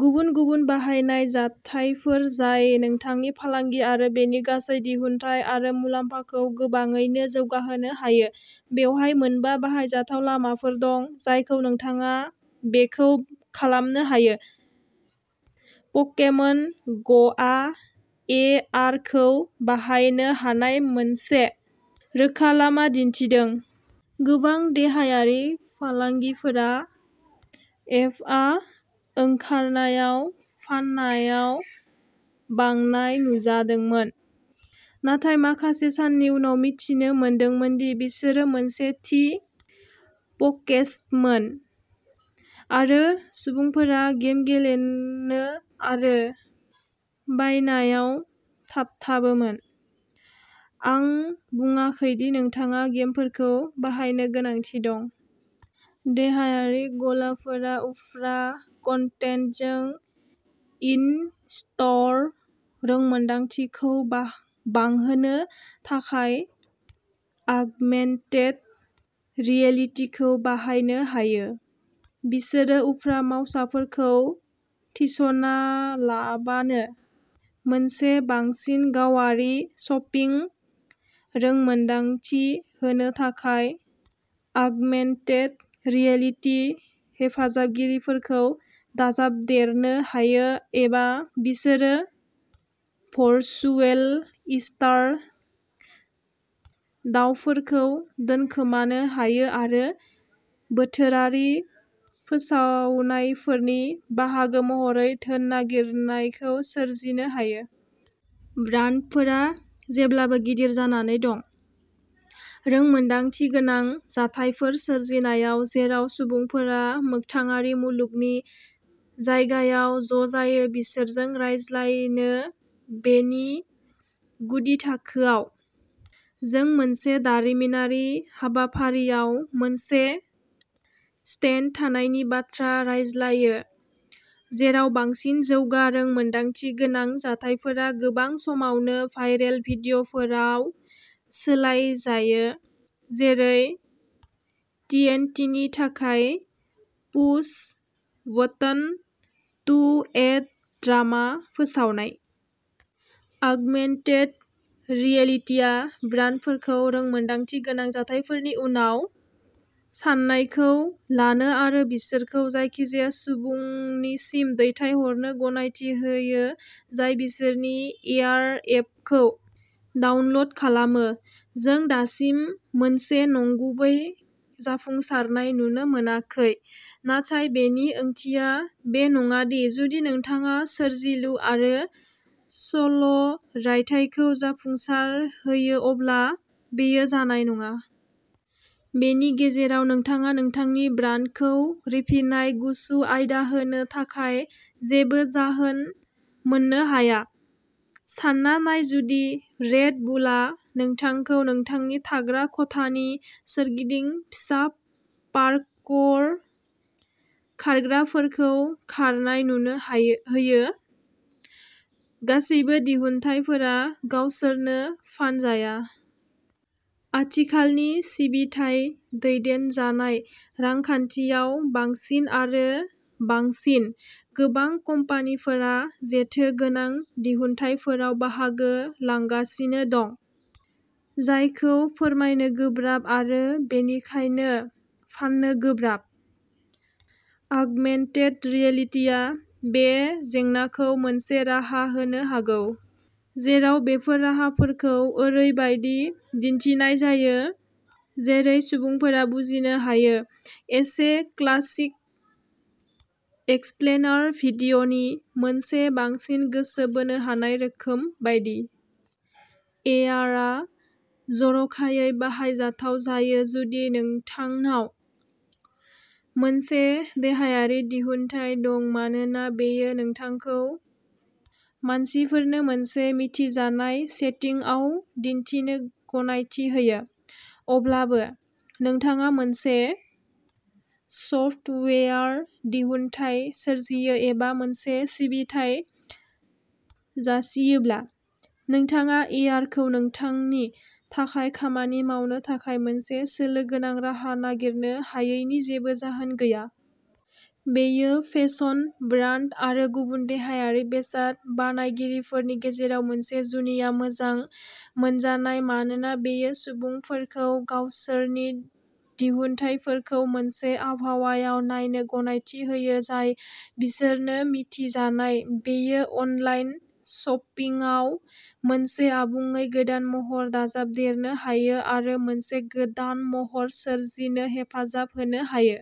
गुबुन-गुबुन बाहायनाय जाथायफोर जाय नोंथांनि फालांगि आरो बेनि गासै दिहुनथाइ आरो मुलाम्फाखौ गोबाङैनो जौगाहोनो हायो। बेवहाय मोनबा बाहायजाथाव लामाफोर दं जायखौ नोंथाङा बेखौ खालामनो हायो। पकेमन ग'आ ए आर खौ बाहायनो हानाय मोनसे रोखा लामा दिन्थिदों। गोबां देहायारि फालांगिफोरा एपआ ओंखारनायाव फाननायाव बांनाय नुजादोंमोन, नाथाय माखासे साननि उनाव मिथिनो मोनदोंमोन दि बिसोरो मोनसे थि पकेस्टपमोन आरो सुबुंफोरा गेम गेलेनो आरो बायनायाव थाबथाबोमोन। आं बुंङाखै दि नोंथाङा गेमफोरखौ बाहायनो गोनांथि दं। देहायारि गलाफोरा उफ्रा कन्टेन्टजों इन-स्ट'र रोंमोनदांथिखौ बा बांहोनो थाखाय आगमेन्टेड रियेलिटिखौ बाहायनो हायो। बिसोरो उफ्रा मावसाफोरखौ थिसनालाबानो मोनसे बांसिन गावारि शपिं रोंमोनदांथि होनो थाखाय आगमेन्टेड रियेलिटि हेफाजाबगिरिफोरखौ दाजाबदेरनो हायो एबा बिसोरो भर्चुवेल ईस्टार दावफोरखौ दोनखोमानो हायो आरो बोथोरारि फोसावनायफोरनि बाहागो महरै धोन नागिरनायखौ सोरजिनो हायो। ब्रान्डफोरा जेब्लाबो गिदिर जानानै दं। रोंमोन्दांथिगोनां जाथायफोर सोरजिनायाव जेराव सुबुंफोरा मोगथाङारि मुलुगनि जायगायाव ज'जायो बिसोरजों रायज्लायनो। बेनि गुदि थाखोआव, जों मोनसे दारिमिनारि हाबाफारियाव मोनसे स्टेन्ड थानायनि बाथ्रा रायज्लायो, जेराव बांसिन जौगा रोंमोन्दांथिगोनां जाथायफोरा गोबां समावनो भाइरेल भिडिय'फोराव सोलायजायो, जेरै टिएनटिनि थाखाय push button to add drama फोसावनाय। आगमेन्टेड रियेलिटिआ ब्रान्डफोरखौ रोंमोन्दांथिगोनां जाथायफोरनि उननि साननायखौ लानो आरो बिसोरखौ जायखिजाया सुबुंनिसिम दैथायहरनो गनायथि होयो जाय बिसोरनि एआर एपखौ डाउनल'ड खालामो। जों दासिम मोनसे नंगुबै जाफुंसारनाय नुनो मोनाखै, नाथाय बेनि ओंथिया बे नङा दि जुदि नोंथाङा सोरजिलु आरो सल'रायथाइखौ जाफुंसारहोयो अब्ला बेयो जानाय नङा। बेनि गेजेराव, नोंथाङा नोंथांनि ब्रान्डखौ रिफिनाय गुसु आयदा होनो थाखाय जेबो जाहोन मोननो हाया। सानना नाय जुदि रेड बुलआ नोंथांखौ नोंथांनि थाग्रा खथानि सोरगिदिं फिसा पार्कर खारग्राफोरखौ खारनाय नुनो हायो होयो। गासैबो दिहुनथायफोरा गावसोरनो फानजाया। आथिखालनि सिबिथाइ-दैदेनजानाय रांखान्थियाव, बांसिन आरो बांसिन। गोबां कम्पानिफोरा जेथो गोनां दिहुनथायफोराव बाहागो लांगासिनो दं, जायखौ फोरमायनो गोब्राब आरो बेनिखायनो फाननो गोब्राब। आगमेन्टेड रियेलिटिआ बे जेंनाखौ मोनसे राहा होनो हागौ, जेराव बेफोर राहाफोरखौ ओरैबायदि दिन्थिनाय जायो, जेरै सुबुंफोरा बुजिनो हायो, एसे क्लासिक एक्सप्लेनार भिडिय'नि मोनसे बांसिन गोसो बोनो हानाय रोखोम बायदि। ए आर आ जर'खायै बाहायजाथाव जायो जुदि नोंथांनाव मोनसे देहायारि दिहुनथाय दं मानोना बेयो नोंथांखौ मानसिफोरनो मोनसे मिथिजानाय सेटिंआव दिन्थिनो गनायथि होयो। अब्लाबो, नोंथाङा मोनसे सफ्टवेयार दिहुनथाय सोरजियो एबा मोनसे सिबिथाइ जासियोब्ला, नोंथाङा ए आर खौ नोंथांनि थाखाय खामानि मावनो थाखाय मोनसे सोलो गोनां राहा नागिरनो हायैनि जेबो जाहोन गैया। बेयो फेसन ब्रान्ड आरो गुबुन देहायारि बेसाद बानायगिरिफोरनि गेजेराव मोनसे जुनिया मोजां मोनजानाय मानोना बेयो सुबुंफोरखौ गावसोरनि दिहुनथायफोरखौ मोनसे आबहावायाव नायनो गनायथि होयो जाय बिसोरनो मिथिजानाय। बेयो अनलाइन शपिंआव मोनसे आबुङै गोदान महर दाजाबदेरनो हायो आरो मोनसे गोदान महर सोरजिनो हेफाजाब होनो हायो।